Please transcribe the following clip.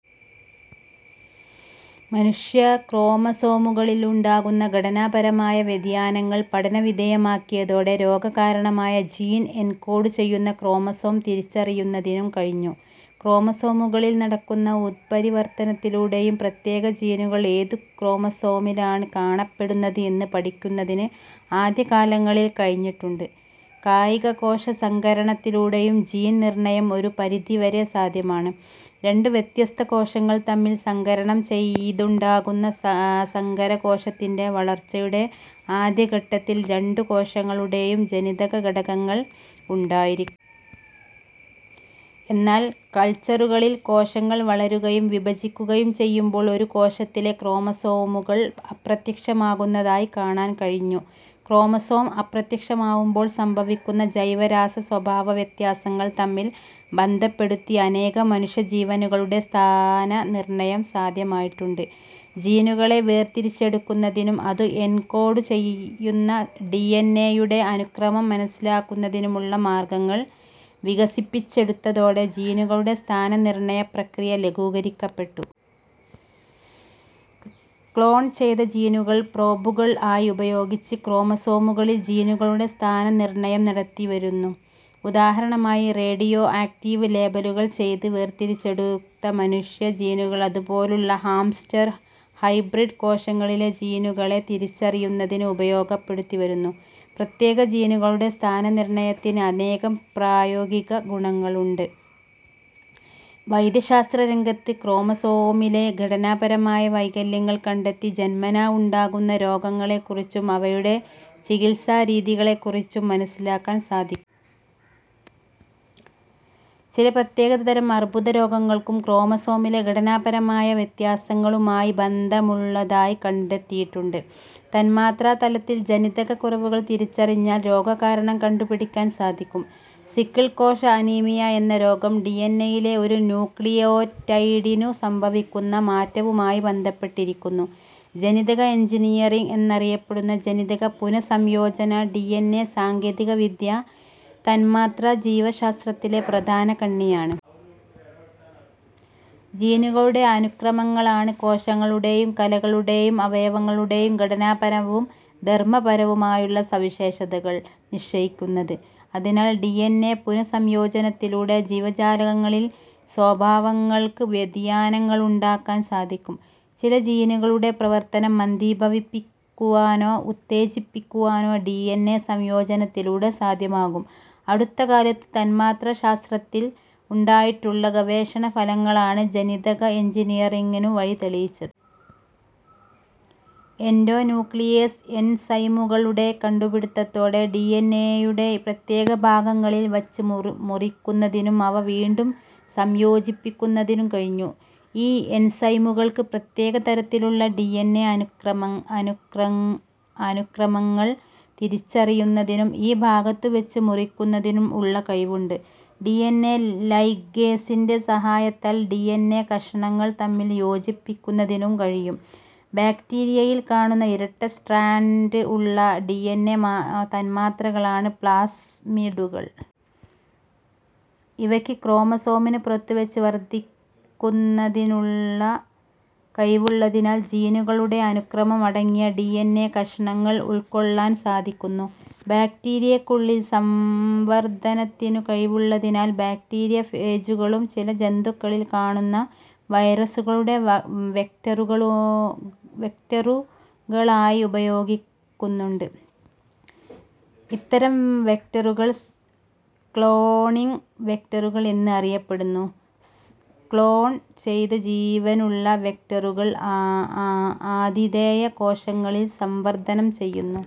മനുഷ്യക്രോമസോമുകളിലുണ്ടാകുന്ന ഘടനാപരമായ വ്യതിയാനങ്ങൾ പഠനവിധേയമാക്കിയതോടെ രോഗകാരണമായ ജീൻ എൻകോഡു ചെയ്യുന്ന ക്രോമസോം തിരിച്ചറിയുന്നതിനും കഴിഞ്ഞു. ക്രോമസോമുകളിൽ നടക്കുന്ന ഉത്പരിവർത്തനത്തിലൂടെയും പ്രത്യേക ജീനുകൾ ഏതു ക്രോമസോമിലാണ് കാണപ്പെടുന്നത് എന്നു പഠിക്കുന്നതിന് ആദ്യകാലങ്ങളിൽ കഴിഞ്ഞിട്ടുണ്ട്. കായികകോശ സങ്കരണത്തിലൂടെയും ജീൻ നിർണയം ഒരു പരിധിവരെ സാധ്യമാണ്. രണ്ടു വ്യത്യസ്ത കോശങ്ങൾ തമ്മിൽ സങ്കരണം ചെയ്തുണ്ടാക്കുന്ന സങ്കരകോശത്തിന്റെ വളർച്ചയുടെ ആദ്യഘട്ടത്തിൽ രണ്ടു കോശങ്ങളുടേയും ജനിതക ഘടകങ്ങൾ ഉണ്ടായിരിക്കും. എന്നാൽ കൾച്ചറുകളിൽ കോശങ്ങൾ വളരുകയും വിഭജിക്കുകയും ചെയ്യുമ്പോൾ ഒരു കോശത്തിലെ ക്രോമസോമുകൾ അപ്രത്യക്ഷമാകുന്നതായി കാണാൻ കഴിഞ്ഞു. ക്രോമസോം അപ്രത്യക്ഷമാകുമ്പോൾ സംഭവിക്കുന്ന ജൈവരാസ സ്വഭാവ വ്യത്യാസങ്ങൾ തമ്മിൽ ബന്ധപ്പെടുത്തി അനേകം മനുഷ്യജീനുകളുടെ സ്ഥാനനിർണയം സാധ്യമായിട്ടുണ്ട്. ജീനുകളെ വേർതിരിച്ചെടുക്കുന്നതിനും അതു എൻകോഡു ചെയ്യുന്ന ഡിഎൻഎ യുടെ അനുക്രമം മനസ്സിലാക്കുന്നതിനുമുള്ള മാർഗങ്ങൾ വികസിപ്പിച്ചെടുത്തതോടെ ജീനുകളുടെ സ്ഥാന നിർണയ പ്രക്രിയ ലഘൂകരിക്കപ്പെട്ടു. ക്ലോൺ ചെയ്ത ജീനുകൾ പ്രോബുകൾ ആയി ഉപയോഗിച്ച് ക്രോമസോമുകളിൽ ജീനുകളുടെ സ്ഥാനനിർണയം നടത്തിവരുന്നു. ഉദാഹരണമായി റേഡിയോ ആക്റ്റീവ് ലേബലുകൾ ചെയ്ത് വേർതിരിച്ചെടുത്ത മനുഷ്യ ജീനുകൾ അതുപോലുള്ള ഹാംസ്റ്റർ ഹൈബ്രിഡ് കോശങ്ങളിലെ ജീനുകളെ തിരിച്ചറിയുന്നതിന് ഉപയോഗപ്പെടുത്തിവരുന്നു. പ്രത്യേക ജീനുകളുടെ സ്ഥാനനിർണയത്തിന് അനേകം പ്രായോഗിക ഗുണങ്ങളുണ്ട്. വൈദ്യശാസ്ത്രരംഗത്ത് ക്രോമസോമിലെ ഘടനാപരമായ വൈകല്യങ്ങൾ കണ്ടെത്തി ജന്മനാ ഉണ്ടാകുന്ന രോഗങ്ങളെക്കുറിച്ചും അവയുടെ ചികിത്സാരീതികളെക്കുറിച്ചും മനസ്സിലാക്കാൻ സാധിക്കും. ചില പ്രത്യേകതരം അർബുദ രോഗങ്ങൾക്കും ക്രോമസോമിലെ ഘടനാപരമായ വ്യത്യാസങ്ങളുമായി ബന്ധമുള്ളതായി കണ്ടെത്തിയിട്ടുണ്ട്. തന്മാത്രാതലത്തിൽ ജനിതക കുറവുകൾ തിരിച്ചറിഞ്ഞാൽ രോഗകാരണം കണ്ടുപിടിക്കാൻ സാധിക്കും. സിക്കിൾ കോശ അനീമിയ എന്ന രോഗം ഡിഎൻഎ യിലെ ഒരു ന്യൂക്ലിയോറ്റൈഡിനു സംഭവിക്കുന്ന മാറ്റവുമായി ബന്ധപ്പെട്ടിരിക്കുന്നു.. ജനിതക എൻജിനീയറിങ് എന്നറിയപ്പെടുന്ന ജനിതക പുനഃസംയോജന ഡിഎൻഎ സാങ്കേതികവിദ്യ തന്മാത്രാജീവശാസ്ത്രത്തിലെ പ്രധാന കണ്ണിയാണ്. ജീനുകളുടെ അനുക്രമങ്ങളാണ് കോശങ്ങളുടേയും കലകളു ടേയും അവയവങ്ങളുടേയും ഘടനാപരവും ധർമപരവുമായുള്ള സവിശേഷതകൾ നിശ്ചയിക്കുന്നത്. അതിനാൽ ഡിഎൻഎ പുനഃ സംയോജനത്തിലൂടെ ജീവജാലങ്ങളിൽ സ്വഭാവങ്ങൾക്ക് വ്യതിയാനങ്ങളുണ്ടാക്കാൻ സാധിക്കും. ചില ജീനുകളുടെ പ്രവർത്തനം മന്ദീഭവിപ്പിക്കുവാനോ ഉത്തേജിപ്പിക്കുവാനോ ഡിഎൻഎ സംയോജനത്തിലൂടെ സാധ്യമാകും. അടുത്തകാലത്ത് തന്മാത്രാശാസ്ത്രത്തിൽ ഉണ്ടായിട്ടുള്ള ഗവേഷണ ഫലങ്ങളാണ് ജനിതക എൻജിനീയറിങ്ങിനു വഴിതെളിച്ചത്. എൻഡോന്യൂക്ലിയേസ് എൻസൈമുകളുടെ കണ്ടുപിടിത്തത്തോടെ ഡിഎൻഎയുടെ പ്രത്യേക ഭാഗങ്ങളിൽ വച്ച് മുറിക്കുന്നതിനും അവ വീണ്ടും സംയോജിപ്പിക്കുന്നതിനും കഴിഞ്ഞു. ഈ എൻസൈമുകൾക്ക് പ്രത്യേക തരത്തിലുള്ള ഡിഎൻഎ അനുക്രമങ്ങൾ തിരിച്ചറിയുന്നതിനും ഈ ഭാഗത്തുവച്ച് മുറിക്കുന്നതിനും ഉള്ള കഴിവുണ്ട്. ഡിഎൻഎ ലൈഗേസിന്റെ സഹായത്താൽ ഡിഎൻഎ കഷണങ്ങൾ തമ്മിൽ സംയോജിപ്പിക്കുന്നതിനും കഴിയും. ബാക്ടീരിയയിൽ കാണുന്ന ഇരട്ട സ്ട്രാൻഡ് ഉള്ള ഡിഎൻഎ തന്മാത്രകളാണ് പ്ലാസ്മിഡുകൾ. ഇവയ്ക്ക് ക്രോമസോമിന് പുറത്തുവച്ച് വർധിക്കുന്നതിനുള്ള കഴിവുള്ളതിനാൽ ജീനുകളുടെ അനുക്രമം അടങ്ങിയ ഡിഎൻഎ കഷണങ്ങൾ ഉൾക്കൊള്ളാൻ സാധിക്കുന്നു. ബാക്ടീരിയ്ക്കുള്ളിൽ സംവർധനത്തിനു കഴിവുള്ളതിനാൽ ബാക്ടീരിയ ഫേജുകളും ചില ജന്തുക്കളിൽ കാണുന്ന വൈറസുകളുടെ വെക്ടറുകളായി ഉപയോഗിക്കുന്നുണ്ട്. ഇത്തരം വെക്ടറുകൾ ക്ളോണിങ് വെക്ടറുകൾ എന്ന് അറിയപ്പെടുന്നു. ക്ളോൺ ചെയ്ത ജീനുള്ള വെക്ടറുകൾ ആതിഥേയ കോശങ്ങളിൽ സംവർധനം ചെയ്യുന്നു.